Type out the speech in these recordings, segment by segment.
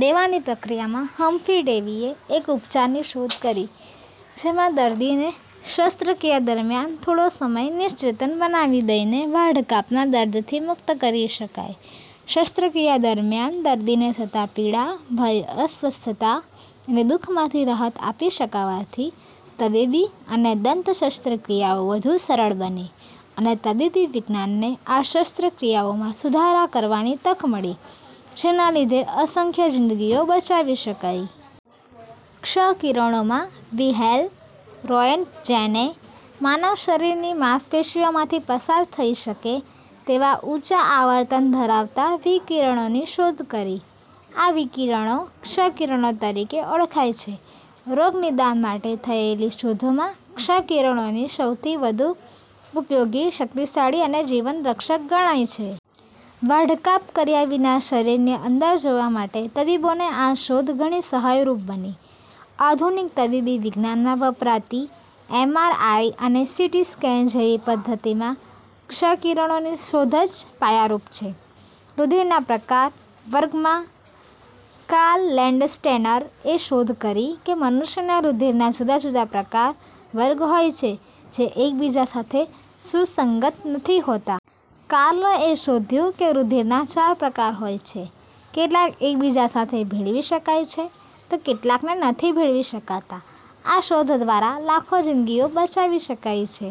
દેવાની પ્રક્રિયા માં હમ્ફ્રી ડેવીએ એક ઉપચારની શોધ કરી જેમાં દર્દીને શસ્ત્રક્રિયા દરમ્યાન થોડો સમય નિશ્ચેતન બનાવી દઈને વાઢકાપના દર્દથી મુક્ત કરી શકાય. શસ્ત્રક્રિયા દરમ્યાન દર્દીને થતા પીડા, ભય, અસ્વસ્થતા અને દુઃખમાંથી રાહત આપી શકાવાથી તબીબી અને દંત શસ્ત્રક્રિયાઓ વધુ સરળ બની અને તબીબી વિજ્ઞાનને આ શસ્ત્રક્રિયાઓમાં સુધારા કરવાની તક મળી જેના લીધે અસંખ્ય જીન્દગીઓ બચાવી શકાઈ. ક્ષ કિરણો માં વિહેલ્મ રોએન્ટજેનએ માનવશરીરની માંસપેશીઓમાંથી પસાર થઇ શકે તેવા ઊંચા આવર્તન ધરાવતા વિકિરણોની શોધ કરી. આ વિકિરણો ક્ષ કિરણો તરીકે ઓળખાય છે. રોગ નિદાન માટે થયેલી શોધોમાં ક્ષ કિરણોની શોધ સૌથી વધુ ઉપયોગી, શક્તિશાળી અને જીવનરક્ષક ગણાય છે. વાઢકાપ કર્યા વિના શરીરની અંદર જોવા માટે તબીબોને આ શોધ ઘણી સહાયરૂપ બની. આધુનિક તબીબી વિજ્ઞાનમાં વપરાતી એમ. આર. આઈ. અને સી. ટી. સ્કેન જેવી પધ્ધતિમાં ક્ષ કિરણોની શોધ જ પાયારૂપ છે. રુધિરના પ્રકાર-વર્ગ માં કાર્લ લેન્ડસ્ટેનરએ શોધ કરી કે મનુષ્યના રુધિરના જુદા જુદા પ્રકાર-વર્ગ હોય છે જે એકબીજા સાથે સુસંગત નથી હોતા. કાર્લએ શોધ્યું કે રુધિરના ચાર પ્રકાર હોય છે. કેટલાક એકબીજા સાથે ભેળવી શકાય છે તો કેટલાકને નથી ભેળવી શકાતા. આ શોધ દ્વારા લાખો જીન્દગીઓ બચાવી શકાઇ છે.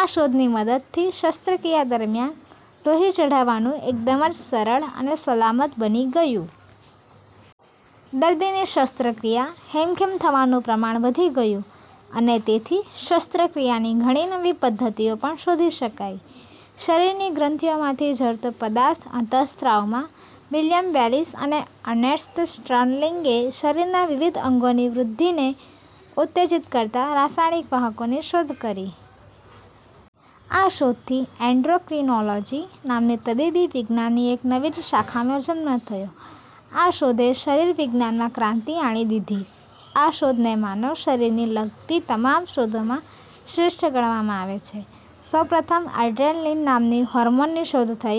આ શોધની મદદથી શસ્ત્રક્રિયા દરમ્યાન લોહી ચઢાવવાનું એકદમ જ સરળ અને સલામત બની ગયું. દર્દીની શસ્ત્રક્રિયા હેમખેમ થવાનું પ્રમાણ વધી ગયું અને તેથી શસ્ત્રક્રિયાની ઘણી નવી પદ્ધતિઓ પણ શોધી શકાઇ. શરીરની ગ્રંથીઓમાંથી ઝરતો પદાર્થ અંત:સ્ત્રાવ માં વિલિયમ બેલિસ અને અર્નેસ્ટ સ્ટર્લીંગએ શરીરના વિવિધ અંગોની વૃદ્ધિને ઉત્તેજિત કરતા રસાયણિક વાહકોની શોધ કરી. આ શોધથી એન્ડોક્રીનોલોજી નામની તબીબી વિજ્ઞાનની એક નવી જ શાખાનો જન્મ થયો. આ શોધે શરીરવિજ્ઞાનમાં ક્રાંતિ આણી દીધી. આથી આ શોધને માનવ શરીરને લગતી તમામ શોધોમાં શ્રેષ્ઠ ગણવામાં આવે છે. સૌપ્રથમ અડ્રેનલીન નામના હોર્મોનની શોધ થઇ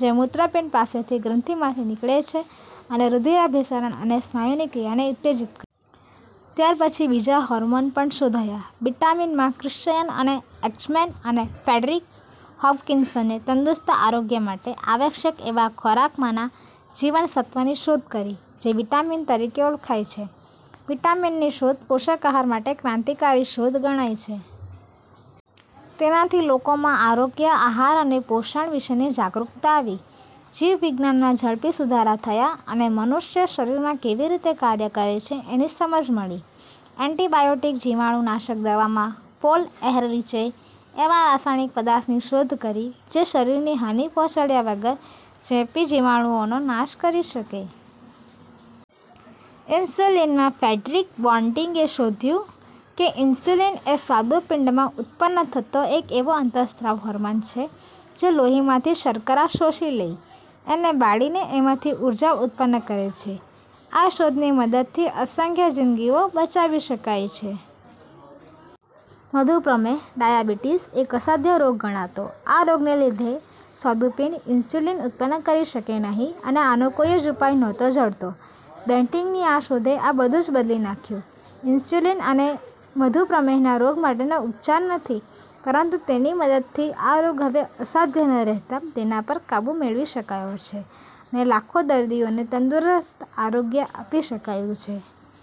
જે મૂત્રપિંડ પાસેની ગ્રંથિમાંથી નીકળે છે અને રુધિરાભિસરણ અને સ્નાયુની ક્રિયાને ઉત્તેજિત કરે છે. ત્યાર પછી બીજા હોર્મોન પણ શોધાયા. વિટામીન માં ક્રિશ્ચયન એજક્મેન અને ફ્રેડરિક હોપકિન્સએ તંદુરસ્ત આરોગ્ય માટે આવશ્યક એવા ખોરાકમાંના જીવનસત્વની શોધ કરી. જે વિટામીન તરીકે ઓળખાય છે. વિટામીનની શોધ પોષક આહાર માટેની ક્રાંતિકારી શોધ ગણાય છે. તેનાથી લોકોમાં આરોગ્ય, આહાર અને પોષણ વિષેની જાગૃક્તા આવી. જીવવિજ્ઞાનમાં ઝડપી સુધારા થયા અને મનુષ્ય શરીર કેવી રીતે કાર્ય કરે છે એની સમજ મળી. એન્ટિબાયોટિક જીવાણુનાશક દવા માં પોલ એહરલીચએ એવા રસાયણિક પદાર્થની શોધ કરી જે શરીરને હાની પહોંચાડ્યા વગર ચેપી જીવાણુઓનો નાશ કરી શકે. ઇન્સ્યુલિન માં ફ્રેડરિક બેન્ટીંગએ શોધ્યું કે ઇન્સ્યુલિન એ સ્વાદુપિંડમાં ઉત્તપન્ન થતો એક એવો અંતસ્ત્રાવ હોર્મોન છે જે લોહીમાંથી શર્કરા શોષી લઇ, એને બાળીને એમાંથી ઊર્જા ઉત્તપન્ન કરે છે. આ શોધની મદદથી અસંખ્ય જીન્દગીઓ બચાવી શકાઇ છે. મધુપ્રમેહ-ડાયાબીટીસ એક અસાધ્ય રોગ ગણાતો. આ રોગને લીધે સ્વાદુપિંડ ઇન્સ્યુલિન ઉત્તપન્ન કરી શકે નહીં અને આનો કોઈ જ ઉપાય નહોતો જડતો. બેન્ટીંગની આ શોધે આ બધું જ બદલી નાંખ્યું. ઇન્સ્યુલિન એ મધુપ્રમેહના રોગ માટેનો ઉપચાર નથી પરંતુ તેની મદદથી આ રોગ હવે અસાધ્ય ન રહેતાં તેની પર કાબુ મેળવી શકાયો છે અને લાખો દર્દીઓને તંદુરસ્ત આરોગ્ય આપી શકાયું છે.